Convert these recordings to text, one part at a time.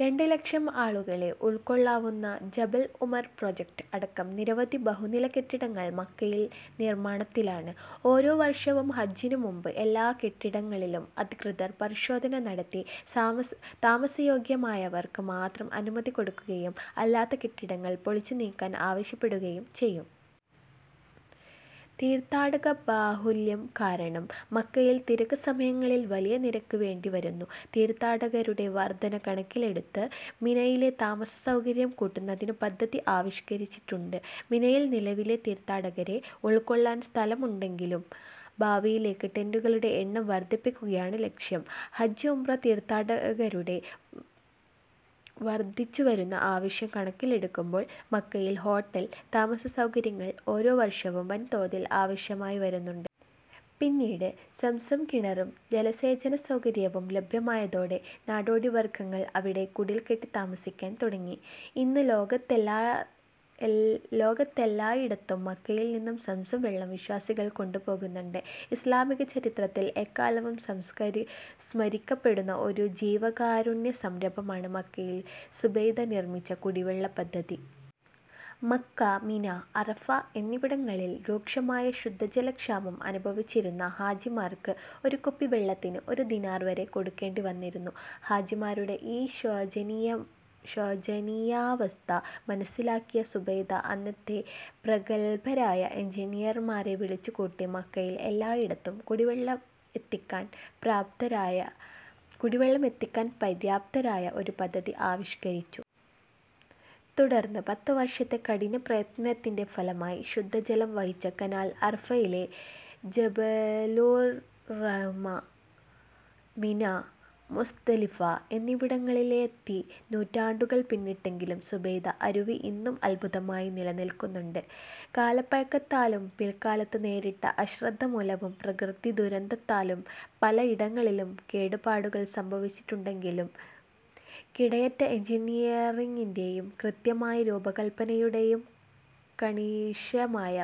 രണ്ടു ലക്ഷം ആളുകളെ ഉൾക്കൊള്ളാവുന്ന ജബൽ ഉമർ പ്രൊജക്റ്റ് അടക്കം നിരവധി ബഹുനില കെട്ടിടങ്ങൾ മക്കയിൽ നിർമ്മാണത്തിലാണ്.. ഓരോ വർഷവും ഹജ്ജിനു മുമ്പ് എല്ലാ കെട്ടിടങ്ങളിലും അധികൃതർ പരിശോധന നടത്തി താമസ യോഗ്യമായവക്ക് മാത്രം അനുമതി കൊടുക്കുകയും അല്ലാത്ത കെട്ടിടങ്ങൾ പൊളിച്ചു നീക്കാൻ ആവശ്യപ്പെടുകയും ചെയ്യും. തീർത്ഥാടക ബാഹുല്യം കാരണം മക്കയിൽ തിരക്ക് സമയങ്ങളിൽ വലിയ നിരക്ക് വേണ്ടി വരുന്നു. തീർത്ഥാടകരുടെ വർധന കണക്കിലെടുത്ത് മിനയിലെ താമസ സൗകര്യം കൂട്ടുന്നത്തിനു പദ്ധതി ആവിഷ്കരിച്ചിട്ടുണ്ട്. മിനയിൽ നിലവിലെ തീർത്ഥാടകരെ ഉൾക്കൊള്ളാൻ സ്ഥലമുണ്ടെങ്കിലും ഭാവിയിലേക്ക് ടെന്റുകളുടെ എണ്ണം വർധിപ്പിക്കുകയാണ് ലക്ഷ്യം. ഹജ്ജ്, ഉംറ തീർത്ഥാടകരുടെ വർധിച്ചുവരുന്ന ആവശ്യം കണക്കിലെടുക്കുമ്പോൾ മക്കയിൽ ഹോട്ടൽ, താമസ സൗകര്യങ്ങൾ ഓരോ വർഷവും വൻതോതിൽ ആവശ്യമായി വരുന്നുണ്ട്. പിന്നീട് സംസം കിണറും ജലസേചന സൗകര്യവും ലഭ്യമായതോടെ നാടോടി വർഗങ്ങൾ അവിടെ കുടിൽകെട്ടി താമസിക്കാൻ തുടങ്ങി. ഇന്ന് ലോകത്തെല്ലായിടത്തും മക്കയിൽ നിന്നും സംസം വെള്ളം വിശ്വാസികൾ കൊണ്ട് പോകുന്നുണ്ട്. ഇസ്ലാമിക ചരിത്രത്തിൽ എക്കാലവും സ്മരിക്കപ്പെടുന്ന ഒരു ജീവകാരുണ്യ സംരംഭമാണ് മക്കയിൽ സുബൈദ നിർമിച്ച കുടിവെള്ള പദ്ധതി. മക്ക, മിന, അറഫ എന്നിവിടങ്ങളിൽ രൂക്ഷമായ ശുദ്ധജല ക്ഷാമം അനുഭവിച്ചിരുന്ന ഹാജിമാർക്ക് ഒരു കുപ്പി വെള്ളത്തിന് ഒരു ദിനാർ വരെ കൊടുക്കേണ്ടിവന്നിരുന്നു. ഹാജിമാരുടെ ഈ ശോചനീയാവസ്ഥ മനസ്സിലാക്കിയ സുബൈദ അന്നത്തെ പ്രഗല്ഭരായ എഞ്ചിനീയർമാരെ വിളിച്ചുകൂട്ടി മക്കയിൽ എല്ലായിടത്തും കുടിവെള്ളം എത്തിക്കാൻ പര്യാപ്തമായ ഒരു പദ്ധതി ആവിഷ്കരിച്ചു. തുടർന്ന് പത്തു വർഷത്തെ കഠിന പ്രയത്നത്തിന്റെ ഫലമായി ശുദ്ധജലം വഹിച്ച കനാൽ അറഫയിലെ ജബലുർറഹ്മ, മിന, മുസ്ദലിഫ എന്നിവിടങ്ങളിലെത്തിനൂറ്റാണ്ടുകൾ പിന്നിട്ടെങ്കിലും സുബൈദ അരുവി ഇന്നും അൽഭുതമായി നില നിൽക്കുന്നുണ്ട്. കാലപ്പഴക്കത്താലും പിൽകാലത്ത് നേരിട്ട അശ്രദ്ധമൂലവും, പ്രകൃതി ദുരന്തത്താലും, പലഇടങ്ങളിലും കേടുപാടുകൾ സംഭവിച്ചിട്ടുണ്ടെങ്കിലും കിടയറ്റ എഞ്ചീനീയറിങ്ങിൻറെയും കൃത്യമായ രൂപകൽപനയുടെയും കണിശമായ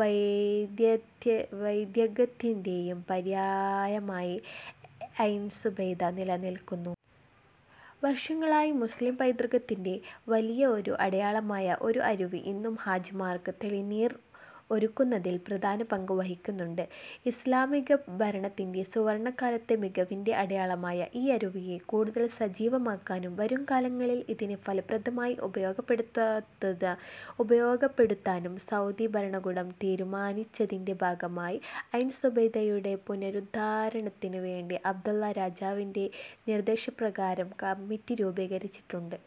വൈദഗ്ദ്യത്തിൻറെയും പര്യായമായി ഐൻ സുബൈദ നില നിൽക്കുന്നു. വർഷങ്ങളായി, മുസ്ലിം പൈതൃകത്തിൻറെ വലിയ ഒരു അടയാളമായ ഈ അരുവി ഇന്നും ഹാജിമാർക്ക് തെളിനീർ ഒരുക്കുന്നതിൽ പ്രധാന പങ്ക് വഹിക്കുന്നുണ്ട്. ഇസ്ലാമിക ഭരണത്തിൻറെ സുവർണ്ണകാലത്തെ മികവിൻറെ അടയാളമായ ഈ അരുവിയെ കൂടുതൽ സജീവമക്കാനും വരും കാലങ്ങളിൽ അതിനെ ഫലപ്രദമായി ഉപയോഗപ്പെടുത്താനും സൗദി ഭരണകൂടം തീരുമാനിച്ചതിന്റെ ഭാഗമായി ഐൻ സുബൈദയുടെ പുനരുദ്ധാരണത്തിന് വേണ്ടി അബ്ദുല്ല രാജാവിന്റെ നിർദ്ദേശ പ്രകാരം കമ്മിറ്റി രൂപീകരിച്ചിട്ടുണ്ട്.